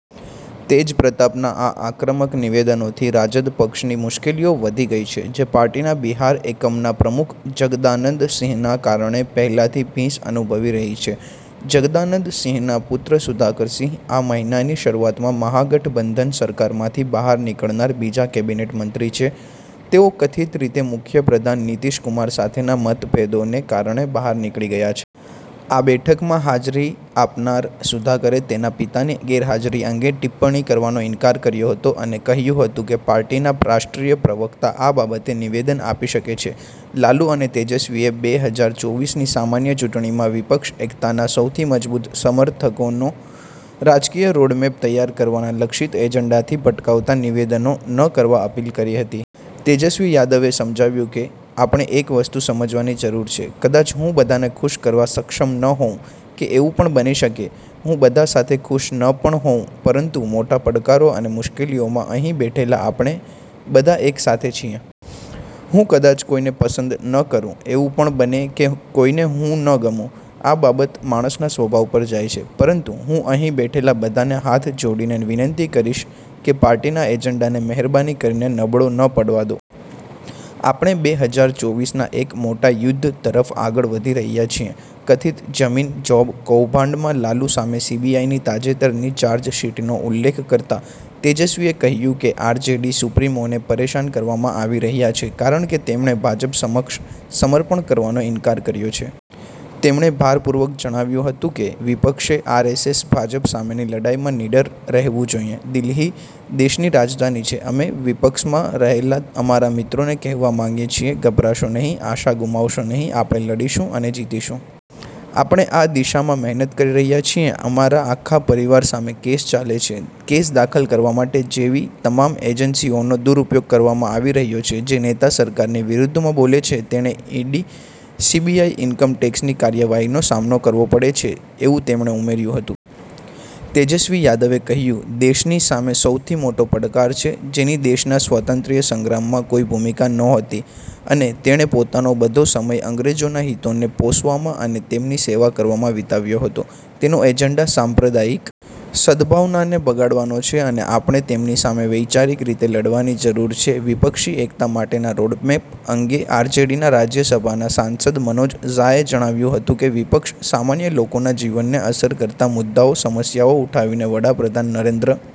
તેજ પ્રતાપના આ આક્રમક નિવેદનોથી રાજદ પક્ષની મુશ્કેલીઓ વધી ગઇ છે, જે પાર્ટીના બિહાર એકમના પ્રમુખ જગદાનંદ સિંહના કારણે પહેલાંથી ભીંસ અનુભવી રહી છે. જગદાનંદ સિંહના પુત્ર સુધાકર સિંહ આ મહિનાની શરૂઆતમાં મહાગઠબંધન સરકારમાંથી બહાર નીકળનાર બીજા કેબિનેટ મંત્રી છે, તેઓ કથિત રીતે મુખ્ય પ્રધાન નીતીશ કુમાર સાથેના મતભેદોને કારણે બહાર નીકળી ગયા છે. આ બેઠકમાં હાજરી આપનાર સુધાકરે તેના પિતાની ગેરહાજરી અંગે ટિપ્પણી કરવાનો ઇનકાર કર્યો હતો અને કહ્યું હતું કે પાર્ટીના રાષ્ટ્રીય પ્રવક્તા આ બાબતે નિવેદન આપી શકે છે. લાલુ અને તેજસ્વીએ બેહજાર ચોવીસ ની સામાન્ય ચૂંટણીમાં વિપક્ષ એકતાના સૌથી મજબૂત સમર્થકનો રાજકીય રોડમેપ તૈયાર કરવાના લક્ષિત એજન્ડાથી ભટકાવતા નિવદેનો ન કરવા અપીલ કરી હતી. તેજસ્વી યાદવે સમજાવ્યું કે, આપણે એક વસ્તુ સમજવાની જરૂર છે. કદાચ હું બધાને ખુશ કરવા સક્ષમ ન હોઉં કે એવું પણ બની શકે હું બધા સાથે ખુશ ન પણ હોઉં પરંતુ મોટા પડકારો અને મુશ્કેલીઓમાં અહીં બેઠેલા આપણે બધા એક સાથે છીએ. હું કદાચ કોઈને પસંદ ન કરું, એવું પણ બને કે કોઈને હું ન ગમુ, આ બાબત માણસના સ્વભાવ પર જાય છે. પરંતુ હું અહીં બેઠેલા બધાને હાથ જોડીને વિનંતી કરીશ કે પાર્ટીના એજેન્ડાને મહેરબાની કરીને નબળો ન પડવા દો. આપણે બેહજાર ચોવીસના એક મોટા યુદ્ધ તરફ આગળ વધી રહ્યા છીએ. કથિત જમીન જોબ કૌભાંડમાં લાલુ સામે સીબીઆઈની તાજેતરની ચાર્જશીટનો ઉલ્લેખ કરતા, તેજસ્વીએ કહ્યું કે આરજેડી સુપ્રીમોને પરેશાન કરવામાં આવી રહ્યા છે કારણ કે તેમણે ભાજપ સમક્ષ સમર્પણ કરવાનો ઇનકાર કર્યો છે. તેમણે ભારપૂર્વક જણાવ્યું હતું કે, વિપક્ષે આરએસએસ ભાજપ સામેની લડાઈમાં નિડર રહેવું જોઈએ. દિલ્હી દેશની રાજધાની છે. અમે વિપક્ષમાં રહેલા અમારા મિત્રોને કહેવા માંગીએ છીએ, ગભરાશો નહીં, આશા ગુમાવશો નહીં, આપણે લડીશું અને જીતીશું. આપણે આ દિશામાં મહેનત કરી રહ્યા છીએ અમારા આખા પરિવાર સામે કેસ ચાલે છે. કેસ દાખલ કરવા માટે, જેવી તમામ એજન્સીઓનો દુરુપયોગ કરવામાં આવી રહ્યો છે. જે નેતા સરકારની વિરુદ્ધમાં બોલે છે તેણે ઈડી, સીબીઆઈ, ઈન્કમ ટેક્સની કાર્યવાહીનો સામનો કરવો પડે છે, એવું તેમણે ઉમેર્યુ હતુ. તેજશ્વી યાદવે કહ્યું, દેશની સામે સૌથી મોટો પડકાર છે, જેની દેશના સ્વાતંત્ર્ય સંગ્રામમાં કોઈ ભૂમિકા નહોતી અને તેણે પોતાનો બધો સમય અંગ્રેજોના હિતોને પોષવામાં અને તેમની સેવા કરવામાં વિતાવ્યો હતો. તેનો એજન્ડા સાંપ્રદાયિક સદભાવનાને બગાડવાનો છે અને આપણે તેમની સામે વૈચારિક રીતે લડવાની જરૂર છે, વિપક્ષી એકતા માટેના રોડમેપ અંગે આરજેડીના રાજ્ય સભાના સાંસદ મનોજ ઝાએ જણાવ્યુ હતું કે, વિપક્ષ સામાન્ય લોકોના જીવનને અસર કરતા મુદ્દાઓ સમસ્યાઓ ઉઠાવીને વડાપ્રધાન નરેન્દ્ર